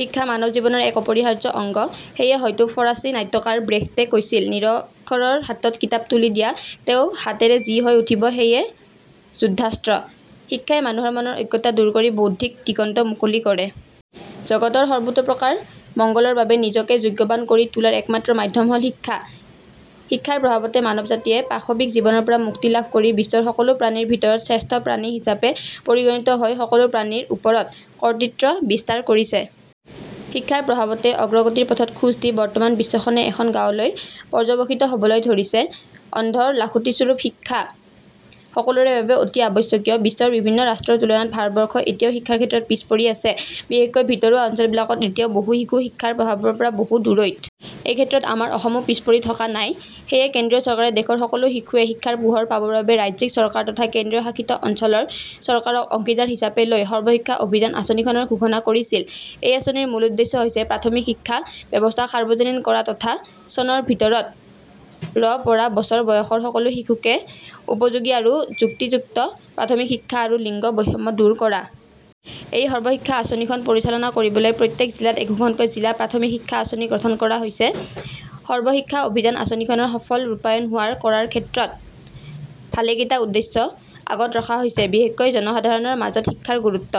শিক্ষা মানৱ জীৱনৰ এক অপৰিহাৰ্য অংগ। সেয়ে হয়তো ফৰাচী নাট্যকাৰ ব্ৰেখটে কৈছিল, "নিৰক্ষৰৰ হাতত কিতাপ তুলি দিয়া, তেওঁ হাতেৰে যি হৈ উঠিব, সিয়ে যুদ্ধাস্ত্ৰ৷' শিক্ষাই মানুহৰ মনৰ অজ্ঞতা দূৰ কৰি বৌদ্ধিক দিগন্ত মুকলি কৰে। জগতৰ সৰ্বতোপ্ৰকাৰ মংগলৰ বাবে নিজকে যোগ্যৱান কৰি তোলাৰ একমাত্ৰ মাধ্যম হ'ল শিক্ষা। শিক্ষাৰ প্ৰভাৱতে মানৱ জাতিয়ে পাশৱিক জীৱনৰ পৰা মুক্তি লাভ কৰি বিশ্বৰ সকলো প্ৰাণীৰ ভিতৰত শ্ৰেষ্ঠ প্ৰাণী হিচাপে পৰিগণিত হৈ সকলো প্ৰাণীৰ ওপৰত কৰ্তৃত্ব বিস্তাৰ কৰিছে। শিক্ষাৰ প্ৰভাৱতেই অগ্ৰগতিৰ পথত খোজ দি বৰ্তমান বিশ্বখনেই এখন গাঁৱলৈ পৰ্যৱসিত হ'বলৈ ধৰিছে। অন্ধৰ লাখুটিস্বৰূপ শিক্ষা সকলোৰে বাবে অতি আৱশ্যকীয়। বিশ্বৰ বিভিন্ন ৰাষ্ট্ৰৰ তুলনাত ভাৰতবৰ্ষ এতিয়াও শিক্ষাৰ ক্ষেত্ৰত পিছপৰি আছে। বিশেষকৈ ভিতৰুৱা অঞ্চলবিলাকত এতিয়াও বহু শিশু শিক্ষাৰ প্ৰভাৱৰ পৰা বহু দূৰৈত। এইক্ষেত্ৰত আমাৰ অসমো পিছপৰি থকা নাই ৷ সেয়ে কেন্দ্ৰীয় চৰকাৰে দেশৰ সকলো শিশুৱে শিক্ষাৰ পোহৰ পাবৰ বাবে ৰাজ্যিক চৰকাৰ তথা কেন্দ্ৰীয়শাসিত অঞ্চলৰ চৰকাৰক অংশীদাৰ হিচাপে লৈ 'সৰ্বশিক্ষা অভিযান আঁচনিখনৰ ঘোষণা কৰিছিল। এই আঁচনিৰ মূল উদ্দেশ্য হৈছে- প্ৰাথমিক শিক্ষা ব্যৱস্থাক সাৰ্বজনীন কৰা তথা চনৰ ভিতৰত ৰ পৰা বছৰ বয়সৰ সকলো শিশুকে উপযোগী আৰু যুক্তিযুক্ত প্ৰাথমিক শিক্ষা আৰু লিংগ বৈষম্য দূৰ কৰা। এই সৰ্বশিক্ষা আঁচনিখন পৰিচালনা কৰিবলৈ প্ৰত্যেক জিলাত একোখনকৈ জিলা প্ৰাথমিক শিক্ষা আঁচনি গঠন কৰা হৈছে। সৰ্বশিক্ষা অভিযান আঁচনিখনৰ সফল ৰূপায়ণ হোৱাৰ কৰাৰ ক্ষেত্ৰত ভালেকেইটা উদ্দেশ্য আগত ৰখা হৈছে। বিশেষকৈ জনসাধাৰণৰ মাজত শিক্ষাৰ গুৰুত্ব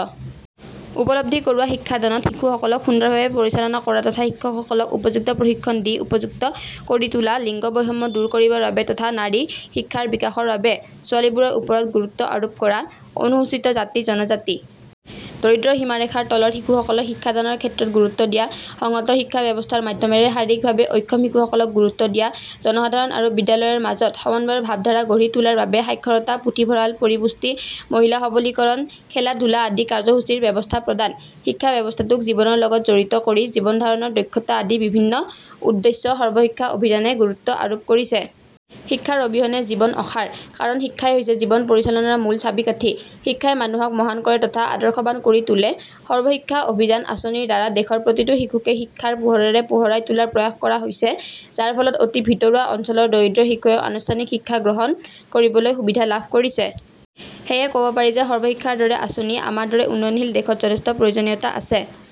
উপলব্ধি কৰোৱা, শিক্ষাদানত শিশুসকলক সুন্দৰভাৱে পৰিচালনা কৰা তথা শিক্ষকসকলক উপযুক্ত প্ৰশিক্ষণ দি উপযুক্ত কৰি তোলা, লিংগ বৈষম্য দূৰ কৰিবৰ বাবে তথা নাৰী শিক্ষাৰ বিকাশৰ বাবে ছোৱালীবোৰৰ ওপৰত গুৰুত্ব আৰোপ কৰা, অনুসূচিত জাতি, জনজাতি, দৰিদ্ৰ সীমাৰেখাৰ তলৰ শিশুসকলক শিক্ষাদানৰ ক্ষেত্ৰত গুৰুত্ব দিয়া, সংহত শিক্ষা ব্যৱস্থাৰ মাধ্যমৰে শাৰীৰিকভাৱে অক্ষম শিশুসকলক গুৰুত্ব দিয়া, জনসাধাৰণ আৰু বিদ্যালয়ৰ মাজত সমন্বয়ৰ ভাবধাৰা গঢ়ি তোলাৰ বাবে সাক্ষৰতা, পুথিভঁৰাল, পৰিপুষ্টি; মহিলা সবলীকৰণ, খেলা-ধূলা আদি কাৰ্যসূচীৰ ব্যৱস্থা প্ৰদান, শিক্ষা ব্যৱস্থাটোক জীৱনৰ লগত জড়িত কৰি জীৱনধাৰণৰ দক্ষতা আদি বিভিন্ন উদ্দেশ্য সৰ্বশিক্ষা অভিযানে গুৰুত্ব আৰোপ কৰিছে। শিক্ষাৰ অবিহনে জীৱন অসাৰ। কাৰণ শিক্ষাই হৈছে জীৱন পৰিচালনাৰ মূল ছাবি-কাঠী। শিক্ষাই মানুহক মহান কৰে তথা আদৰ্শৱান কৰি তোলে। সৰ্বশিক্ষা অভিযান আঁচনিৰ দ্বাৰা দেশৰ প্ৰতিটো শিশুকে শিক্ষাৰ পোহৰেৰে পোহৰাই তোলাৰ প্ৰয়াস কৰা হৈছে, যাৰফলত অতি ভিতৰুৱা অঞ্চলৰ দৰিদ্ৰ শিশুৱেও আনুষ্ঠানিক শিক্ষা গ্ৰহণ কৰিবলৈ সুবিধা লাভ কৰিছে। সেয়ে ক'ব পাৰি যে সৰ্বশিক্ষাৰ দৰে আঁচনি আমাৰ দৰে উন্নয়নশীল দেশত যথেষ্ট প্ৰয়োজনীয়তা আছে।